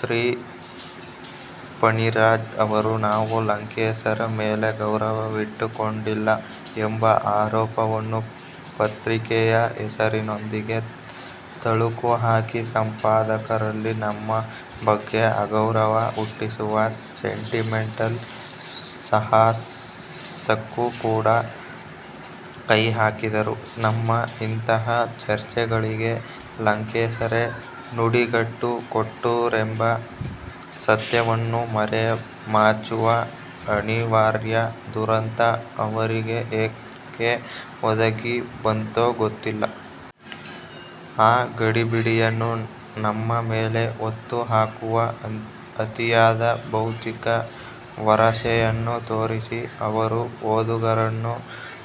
ಶ್ರೀ ಫಣಿರಾಜ್ ಅವರು ನಾವು ಲಂಕೇಶರ ಮೇಲೆ ಗೌರವವಿಟ್ಟುಕೊಂಡಿಲ್ಲ ಎಂಬ ಆರೋಪವನ್ನು ಪತ್ರಿಕೆಯ ಹೆಸರಿನೊಂದಿಗೆ ತಳುಕು ಹಾಕಿ ಸಂಪಾದಕರಲ್ಲಿ ನಮ್ಮ ಬಗ್ಗೆ ಅಗೌರವ ಹುಟ್ಟಿಸುವ 'ಸೆಂಟಿಮೆಂಟಲ್ ಸಾಹಸ'ಕ್ಕೂ ಕೂಡ ಕೈ ಹಾಕಿದರು. ನಮ್ಮ ಇಂತಹ ಚರ್ಚೆಗಳಿಗೆ ಲಂಕೇಶರೇ ನುಡಿಗಟ್ಟು ಕೊಟ್ಟರೆಂಬ ಸತ್ಯವನ್ನು ಮರೆಮಾಚುವ ಅನಿವಾರ್ಯ ದುರಂತ ಅವರಿಗೆ ಏಕೆ ಒದಗಿ ಬಂತೋ ಗೊತ್ತಿಲ್ಲ. ಆ ಗಡಿಬಿಡಿಯನ್ನು ನಮ್ಮ ಮೇಲೆ ಹೊತ್ತುಹಾಕುವ ಅತಿಯಾದ 'ಬೌದ್ಧಿಕ ವರಸೆ'ಯನ್ನೂ ತೋರಿಸಿ ಅವರು ಓದುಗರನ್ನು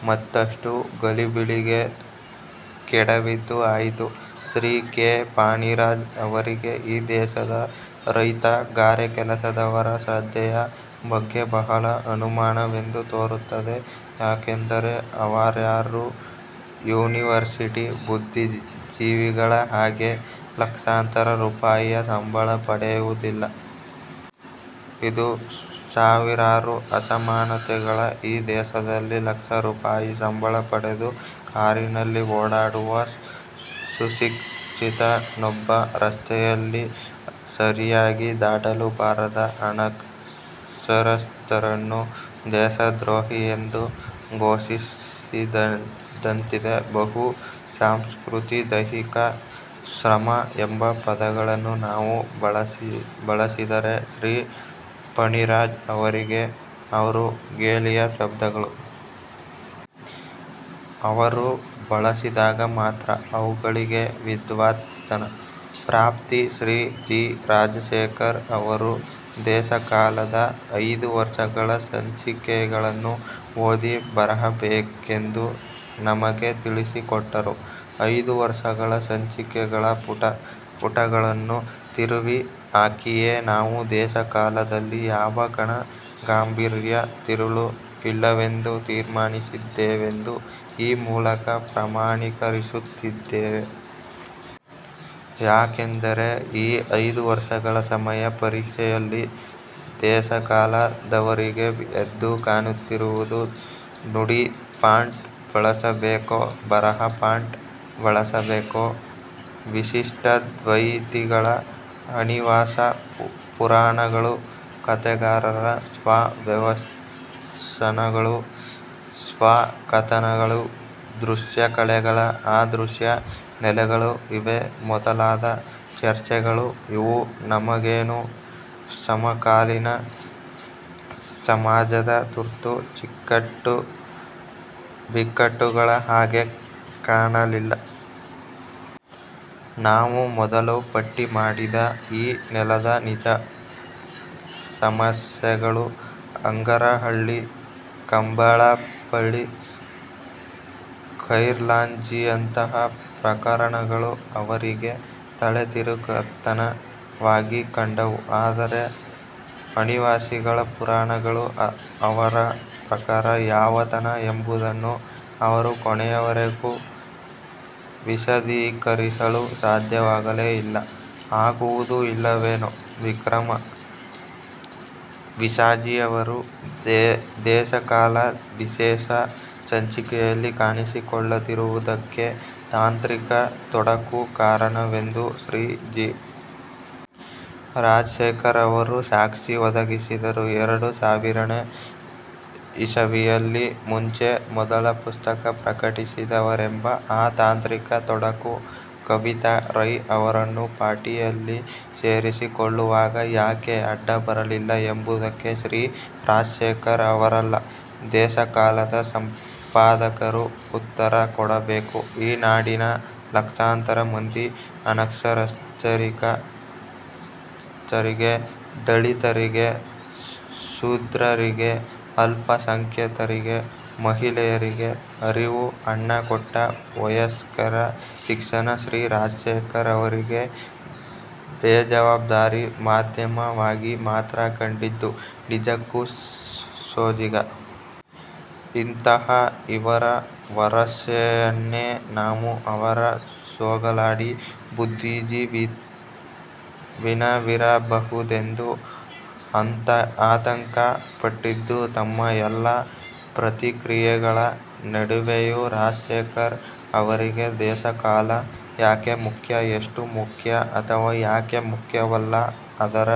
ಮತ್ತಷ್ಟು ಗಲಿಬಿಲಿಗೆ ಕೆಡವಿದ್ದೂ ಆಯಿತು. ಶ್ರೀ ಕೆ. ಫಣಿರಾಜ್ ಅವರಿಗೆ ಈ ದೇಶದ ರೈತ ಗಾರೆ ಕೆಲಸದವರ ಶ್ರದ್ಧೆಯ ಬಗ್ಗೆ ಬಹಳ ಅನುಮಾನವೆಂದು ತೋರುತ್ತದೆ. ಯಾಕೆಂದರೆ ಅವರ್ಯಾರೂ ಯುನಿವರ್ಸಿಟಿ ಬುದ್ಧಿಜೀವಿಗಳ ಹಾಗೆ ಲಕ್ಷಾಂತರ ರೂಪಾಯಿಯ ಸಂಬಳ ಪಡೆಯುವುದಿಲ್ಲ. ಇದು ಸಾವಿರಾರು ಅಸಮಾನತೆಗಳ ಈ ದೇಶದಲ್ಲಿ ಲಕ್ಷ ರೂಪಾಯಿ ಸಂಬಳ ಪಡೆದು ಕಾರಿನಲ್ಲಿ ಓಡಾಡುವ 'ಸುಶಿಕ್ಷಿತ'ನೊಬ್ಬ ರಸ್ತೆಯನ್ನು ಸರಿಯಾಗಿ ದಾಟಲು ಬಾರದ ಅನಕ್ಷರಸ್ಥನನ್ನು ದೇಶದ್ರೋಹಿಯೆಂದು ಘೋಷಿಸಿದಂತಿದೆ. 'ಬಹು ಸಂಸ್ಕೃತಿ', 'ದೈಹಿಕ ಶ್ರಮ' ಎಂಬ ಪದಗಳನ್ನು ನಾವು ಬಳಸಿದರೆ ಶ್ರೀ ಫಣಿರಾಜ್ ಅವರಿಗೆ ಅವು ಗೇಲಿಯ ಶಬ್ದಗಳು. ಅವರು ಬಳಸಿದಾಗ ಮಾತ್ರ ಅವುಗಳಿಗೆ 'ವಿದ್ವತ್ತನ' ಪ್ರಾಪ್ತಿ. ಶ್ರೀ ಜಿ. ರಾಜಶೇಖರ್ ಅವರು 'ದೇಶಕಾಲ'ದ ಐದೂ ವರ್ಷಗಳ ಸಂಚಿಕೆಗಳನ್ನು ಓದಿ ಬರಬೇಕೆಂದು ನಮಗೆ ತಿಳಿಸಿಕೊಟ್ಟರು. ಐದೂ ವರ್ಷಗಳ ಸಂಚಿಕೆಗಳ ಪುಟಪುಟಗಳನ್ನೂ ತಿರುವಿ ಹಾಕಿಯೇ ನಾವು 'ದೇಶಕಾಲ'ದಲ್ಲಿ ಯಾವ ಘನ ಗಾಂಭೀರ್ಯ ತಿರುಳೂ ಇಲ್ಲವೆಂದು ತೀರ್ಮಾನಿಸಿದ್ದೇವೆಂದು ಈ ಮೂಲಕ ಪ್ರಮಾಣೀಕರಿಸುತ್ತಿದ್ದೇವೆ. ಯಾಕೆಂದರೆ ಈ ಐದು ವರ್ಷಗಳ 'ಸಮಯ ಪರೀಕ್ಷೆ'ಯಲ್ಲಿ 'ದೇಶಕಾಲ'ದವರಿಗೆ ಎದ್ದು ಕಾಣುತ್ತಿರುವುದು 'ನುಡಿ ಫಾಂಟ್ ಬಳಸಬೇಕೋ, ಬರಹ ಫಾಂಟ್ ಬಳಸಬೇಕೋ', 'ವಿಶಿಷ್ಟಾದ್ವೈತಿಗಳ ಅನಿವಾಸಿ ಪುರಾಣಗಳು', 'ಕಥೆಗಾರರ ಸ್ವ-ವ್ಯಸನಗಳು- ಸ್ವ-ಕಥನಗಳು', 'ದೃಶ್ಯಕಲೆಗಳ ಅ-ದೃಶ್ಯ ನೆಲೆಗಳು' ಇವೇ ಮೊದಲಾದ ಚರ್ಚೆಗಳು. ಇವು ನಮಗೇನೂ ಸಮಕಾಲೀನ ಸಮಾಜದ ತುರ್ತು ಬಿಕ್ಕಟ್ಟುಗಳ ಹಾಗೆ ಕಾಣಲಿಲ್ಲ. ನಾವು ಮೊದಲು ಪಟ್ಟಿ ಮಾಡಿದ ಈ ನೆಲದ ನಿಜಸಮಸ್ಯೆಗಳು, ಹಂಗರಹಳ್ಳಿ, ಕಂಬಾಲಪಲ್ಲಿ, ಖೈರ್ಲಾಂಜಿಯಂತಹ ಪ್ರಕರಣಗಳು ಅವರಿಗೆ 'ತಲೆತಿರುಕತನ'ವಾಗಿ ಕಂಡವು. ಆದರೆ 'ಅನಿವಾಸಿಗಳ ಪುರಾಣಗಳು' ಅವರ ಪ್ರಕಾರ ಯಾವ 'ತನ' ಎಂಬುದನ್ನು ಅವರು ಕೊನೆಯವರೆಗೂ ವಿಶದೀಕರಿಸಲು ಸಾಧ್ಯವಾಗಲೇ ಇಲ್ಲ. ಆಗುವುದೂ ಇಲ್ಲವೇನೋ? ವಿಕ್ರಮ ವಿಸಾಜಿಯವರು 'ದೇಶಕಾಲ' ವಿಶೇಷ ಸಂಚಿಕೆಯಲ್ಲಿ ಕಾಣಿಸಿಕೊಳ್ಳದಿರುವುದಕ್ಕೆ ತಾಂತ್ರಿಕ ತೊಡಕು ಕಾರಣವೆಂದು ಶ್ರೀ ಜಿ. ರಾಜಶೇಖರ್ ಅವರು ಸಾಕ್ಷಿ ಒದಗಿಸಿದರು. ಎರಡು ಸಾವಿರನೇ ಇಸವಿಗೂ ಮುಂಚೆ ಮೊದಲ ಪುಸ್ತಕ ಪ್ರಕಟಿಸಿದವರೆಂಬ ಆ 'ತಾಂತ್ರಿಕ ತೊಡಕು' ಕವಿತಾ ರೈ ಅವರನ್ನು ಪಟ್ಟಿಯಲ್ಲಿ ಸೇರಿಸಿಕೊಳ್ಳುವಾಗ ಯಾಕೆ ಅಡ್ಡ ಬರಲಿಲ್ಲ ಎಂಬುದಕ್ಕೆ ಶ್ರೀ ರಾಜಶೇಖರ್ ಅವರಲ್ಲ. 'ದೇಶಕಾಲ'ದ ಸಂಪಾದಕರು ಉತ್ತರ ಕೊಡಬೇಕು. ಈ ನಾಡಿನ ಲಕ್ಷಾಂತರ ಮಂದಿ ಅನಕ್ಷರಸ್ಥರಿಗೆ, ದಲಿತರಿಗೆ, ಶೂದ್ರರಿಗೆ, ಅಲ್ಪ ಸಂಖ್ಯಾತರಿಗೆ, ಮಹಿಳೆಯರಿಗೆ ಅರಿವು, ಅನ್ನ ಕೊಟ್ಟ ವಯಸ್ಕರ ಶಿಕ್ಷಣ ಶ್ರೀ ರಾಜಶೇಖರ್ ಅವರಿಗೆ 'ಬೇಜವಾಬ್ದಾರಿ ಮಾಧ್ಯಮ'ವಾಗಿ ಮಾತ್ರ ಕಂಡಿದ್ದು ನಿಜಕ್ಕೂ ಸೋಜಿಗ. ಇಂತಹ ಇವರ ವರಸೆಯನ್ನೇ ನಾವು ಅವರ ಸೋಗಲಾಡಿ ಬುದ್ಧಿಜೀವಿತನವಿರಬಹುದೆಂದು ಆತಂಕ ಪಟ್ಟಿದ್ದು. ತಮ್ಮ ಎಲ್ಲಾ ಪ್ರತಿಕ್ರಿಯೆಗಳ ನಡುವೆಯೂ ರಾಜಶೇಖರ್ ಅವರಿಗೆ 'ದೇಶ ಕಾಲ' ಯಾಕೆ ಮುಖ್ಯ, ಎಷ್ಟು ಮುಖ್ಯ, ಅಥವಾ ಯಾಕೆ ಮುಖ್ಯವಲ್ಲ ಅದರ